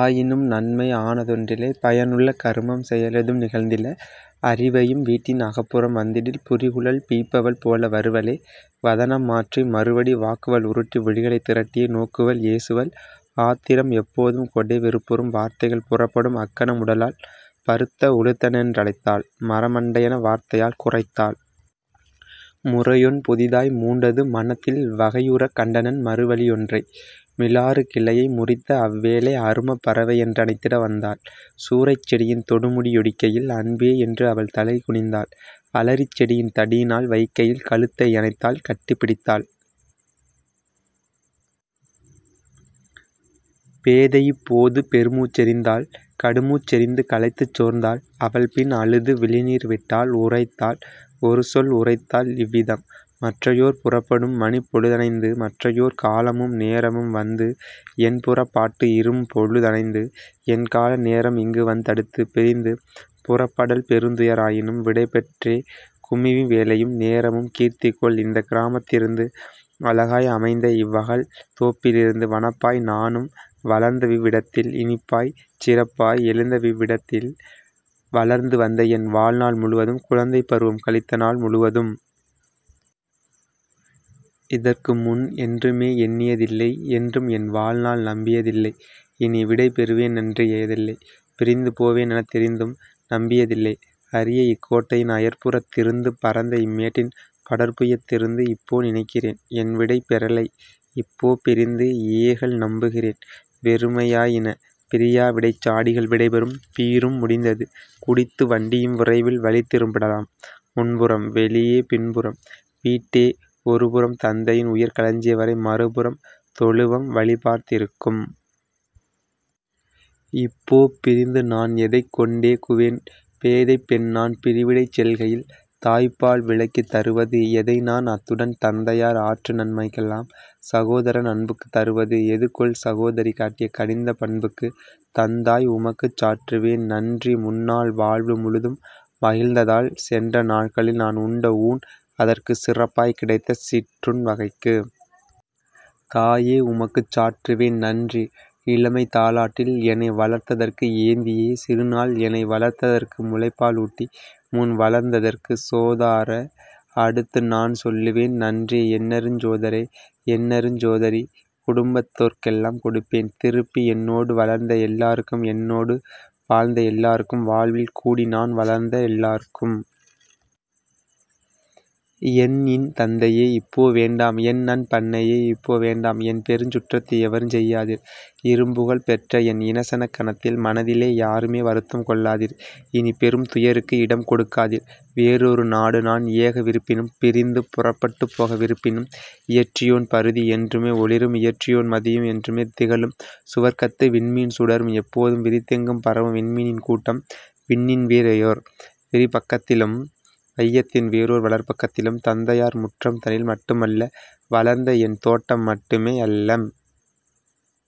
ஆயினும் நன்மை ஆனதொன் றில்லை। பயனுள கருமம் செயலெதும் நிகழ்ந்தில; அரிவையும் வீட்டின் அகப்புறம் வந்திடில் புரிகுழல் பிய்ப்பவள் போல வருவளே வதனம் மாற்றி மறுவடி வாக்குவள் உருட்டி விழிகளைத் திரட்டியே நோக்குவள் ஏசுவள் ஆத்திரம் எப்போதும் கொடே வெறுப்புறும் வார்த்தைகள் புறப்படும் அக்கணம் உடலால் பருத்த உலுத்தனென் றழைத்தாள் மரமண் டையென வார்த்தையால் குரைத்தாள். முறையொன் புதிதாய் மூண்டது மனத்தில் வகையுறக் கண்டனன் மறுவழி யொன்றை: மிலாறுக் கிளையை முறித்தஅவ் வேளை அருமப் பறவையென் றணைத்திட வந்தாள்; சூரைச் செடியின் தொடுமுடி யொடிக்கையில் அன்பே யென்று அவள்தலை குனிந்தாள்; அலரிச் செடியின் தடியினால் வைக்கையில் கழுத்தை யணைத்தாள் கட்டி பிடித்தாள். " பேதையிப் போது பெருமூச்செறிந்தாள் கடுமூச் செறிந்து களைத்துச் சோர்ந்தாள் அவள்பின் அழுது விழிநீர் விட்டாள் உரைத்தாள் ஒருசொல் உரைத்தாள் இவ்விதம்: "மற்றயோர் புறப்படும் மணிப்பொழு தணைந்தது மற்றயோர் காலமும் நேரமும் வந்தது என்புறப் பாட்டு இரும்பொழு தணைந்தது என்கால நேரம் இங்குவந் தடுத்தது பிரிந்து புறப்படல் பெருந்துய ராயினும் விடைபெற் றேகுமிவ் வேளையும் நேரமும் கீர்த்திகொள் இந்தக் கிராமத் திருந்து அழகாய் அமைந்தஇவ் வகல்தோப் பிருந்து வனப்பாய் நானும் வளர்ந்தவிவ் விடத்தில் இனிப்பாய்ச் சிறப்பாய் எழுந்தவிவ் விடத்தில் வளர்ந்து வந்தஎன் வாழ்நாள் முழுவதும் குழந்தைப் பருவம் கழித்தநாள் முழுவதும். இதற்குமுன் என்றுமே எண்ணிய தில்லை என்றும்என் வாழ்நாள் நம்பிய தில்லை இனிவிடை பெறுவனென் றெண்ணிய தில்லை பிரிந்துபோ வேனெனத் தெரிந்துநம் பியதிலை அரியஇக் கோட்டையின் அயற்புறத் திருந்து பரந்த இம்மேட்டின் படர்புயத் திருந்து; இப்போ நினைக்கிறேன் என்விடை பெறலை இப்போ பிரிந்து ஏகல்நம் புகிறேன் வெறுமையா யினபிரி யாவிடைச் சாடிகள் விடைபெறும் 'பீரு'ம் முடிந்தது குடித்து வண்டியும் விரைவில் வழிதிரும் பிடலாம் முன்புறம், வெளியே பின்புறம் வீட்டே ஒருபுறம் தந்தையின் உயர்களஞ் சியவறை மறுபுறம் தொழுவம் வழிபார்த் திருக்கும். இப்போ பிரிந்துநான் எதைக்கொண் டேகுவேன் பேதைப் பெண்நான் பிரிவிடைச் செல்கையில் தாய்ப்பால் விலைக்குத் தருவது எதைநான் அத்துடன் தந்தையார் ஆற்றுநன் மைக்கெலாம் சகோதரன் அன்புக் தருவது எதுகொல் சகோதரி காட்டிய கனிந்த பண்புக்கு? தந்தாய், உமக்குச் சாற்றுவேன் நன்றி முன்னாள் வாழ்வு முழுதும் மகிழ்ந்ததால் சென்றநாட் களில்நான் உண்டஊண் அதற்கு சிறப்பாய்க் கிடைத்த சிற்றுண் வகைக்கு. தாயே, உமக்குச் சாற்றுவேன் நன்றி இளமைதா லாட்டில் எனைவளர்த் ததற்கு ஏந்தியே சிறுநாள் எனைவளர்த் ததற்கு முலைப்பா லுட்டி முன்வளர்த் ததற்கு. சோதரா, அடுத்துநான் சொல்லுவேன் நன்றி என்னருஞ் சோதரா, என்னருஞ் சோதரி, குடும்பத் தோர்க்கெலாம் கொடுப்பேன் திருப்பி என்னோடு வளர்ந்த எல்லா ருக்கும் என்னோடு வாழ்ந்த எல்லா ருக்கும் வாழ்வில் கூடிநான் வளர்ந்தஎல் லார்க்கும். என்இன் தந்தையே இப்போ வேண்டாம் என்அன் பன்னையே இப்போ வேண்டாம் என்பெருஞ் சுற்றத்து எவருஞ்செய் யாதீர் இரும்புகழ் பெற்றஎன் இனசனக் கணத்தில் மனதிலே யாருமே வருத்தம் கொள்ளாதீர் இனிப்பெரும் துயருக்கு இடம்கொடுக் காதீர் வேறொரு நாடுநான் ஏகவிருப் பினும் பிரிந்து புறப்பட்டுப் போக விருப்பினும்! இயற்றியோன் பருதி என்றுமே ஒளிரும் இயற்றியோன் மதியும் என்றுமே திகழும் சுவர்க்கத்து விண்மீன் சுடரும்எப் போதும் விரிந்தெங்கும் பரவும் விண்மீனின் கூட்டம் விண்ணின்வே றேயோர் விரிபக் கத்திலும் வையத்தின் வேறோர் வளர்பக் கத்திலும் தந்தையார் முற்றம் தனில் மட்டுமல்ல வளர்ந்தஎன் தோட்டம் மட்டுமே யல்ல.